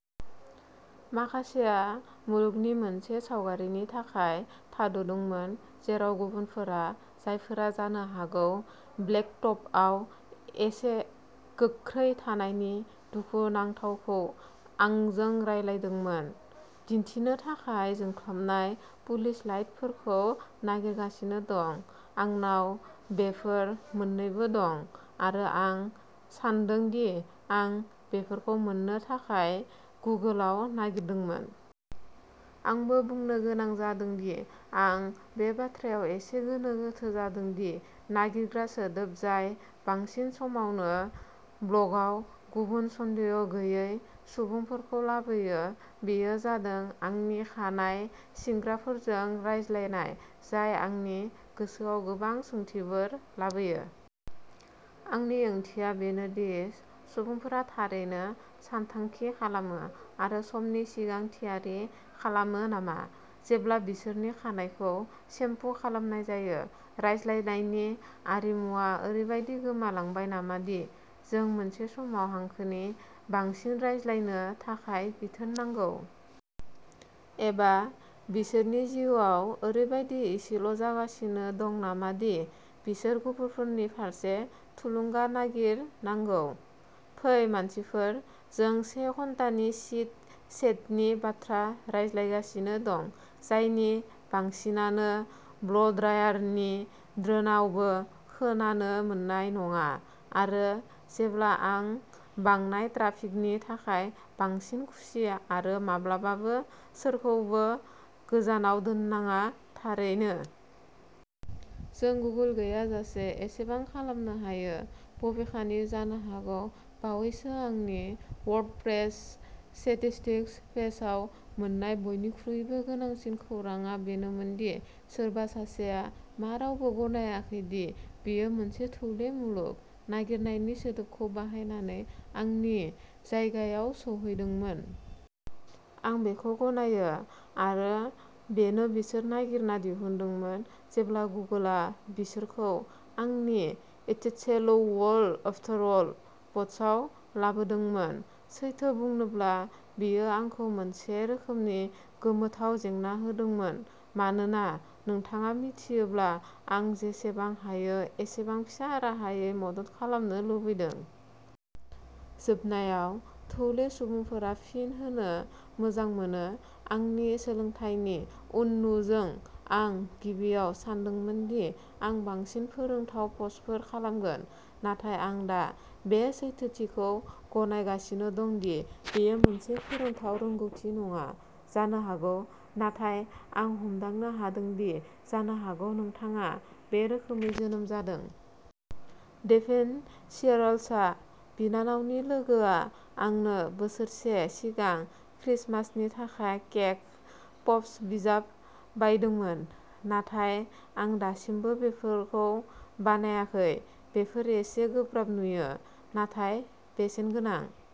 माखासेया मुलुगनि मोनसे सावगारिनि थाखाय थाद'दोंमोन जेराव गुबुनफोरा, जायफोरा जानो हागौ ब्लेकटपआव एसे गोख्रै थानायनि दुखुनांथावखौ आंजों रानलायदोंमोन, दिन्थिनो थाखाय जोंख्लाबनाय पुलिस लाइटफोरखौ नागिरगासिनो दं। आंनाव बेफोर मोन्नैबो दं आरो आं सान्दों दि आं बेफोरखौ मोननो थाखाय गुगोलआव नागिरदोंमोन। आंबो बुंनो गोनां जादों दि आं बे बाथ्रायाव एसे गोनो गोथो जादों दि नागिरग्रा सोदोब जाय बांसिन समावनो ब्ल'गआव गुबुन सन्देह गैयै सुबुंफोरखौ लाबोयो बेयो जादों "आंनि खानाय सिनग्राफोरजों रायज्लायनाय" जाय आंनि गोसोआव गोबां सोंथिफोर लाबोयो। आंनि ओंथिया बेनो दि सुबुंफोरा थारैनो सानथांखि खालामो आरो समनि सिगां थियारि खालामो नामा, जेब्ला बिसोरनि खानाइखौ सेम्पु खालामनाय जायो? रायज्लायनायनि आरिमुआ ओरैबायदि गोमालांबाय नामा दि जों मोनसे समाव हांखोनि बांसिन रायज्लायनो थाखाय बिथोन नांगौ? एबा बिसोरनि जिउआव ओरैबायदि एसेल'जागासिनो दं नामा दि बिसोर गुबुनफोरनि फारसे थुलुंगा नागिरनांगौ? फै मानसिफोर! जों से घन्टानि चिट चेटनि बाथ्रा रायज्लांगासिनो दं, जायनि बांसिनानो ब्ल'ड्रायारनि ड्रोनआवबो खोनानो मोननाय नङा। आरो जेब्ला आं बांनाय ट्राफिकनि थाखाय बांसिन खुसि आरो माब्लाबाबो सोरखौबो गोजानाव दोन्नाङा, थारैनो। जों गुगोल गैयाजासे एसेबां खालामनो हायो। बबेखानि, जानो हागौ बावैसो आंनि वर्डप्रेस स्टेटिस्टिक्स पेजआव मोन्नाय बयनिख्रुइबो गोनांसिन खौरांआ बेनोमोन दि सोरबा सासेया "मा रावबो गनायाखै दि बेयो मोनसे थौले मुलुग? " नागिरनायनि सोदोबखौ बाहायनानै आंनि जायगायाव सौहैदोंमोन। आं बेखौ गनायो!! आरो बेनो बिसोर नागिरना दिहुनदोंमोन जेब्ला गुगोलआ बिसोरखौ आंनि "it's a shallow world after all" पस्टआव लाबोदोंमोन। सैथो बुंनोब्ला, बेयो आंखौ मोनसे रोखोमनि गोमोथाव जेंना होदोंमोन मानोना नोंथाङा मिथियोब्ला, आं जेसेबां हायो एसेबां फिसा राहायै मदद खालामनो लुबैदों। जोबनायाव, थौले सुबुंफोरा फिन होनो मोजां मोनो। आंनि सोलोंथायनि उननुजों आं गिबियाव सानदोंमोन दि आं बांसिन "फोरोंथाव" पस्टफोर खालामगोन नाथाय आं दा बे सैथोथिखौ गनायगासिनो दं दि बेयो मोनसे "फोरोंथाव" रोंग'थि नङा जानो हागौ नाथाय आं हमदांनो हादों दि जानो हागौ नोंथाङा "बे रोखोमै जोनोम जादों"। डेभिन सियरल्सआ। बिनानावनि लोगोआ आंनो बोसोरसे सिगां क्रिसमासनि थाखाय केक पप्स बिजाब बायदोंमोन, नाथाय आं दासिमबो बेफोरखौ बानायाखै। बेफोर एसे गोब्राब नुयो, नाथाय बेसेनगोनां।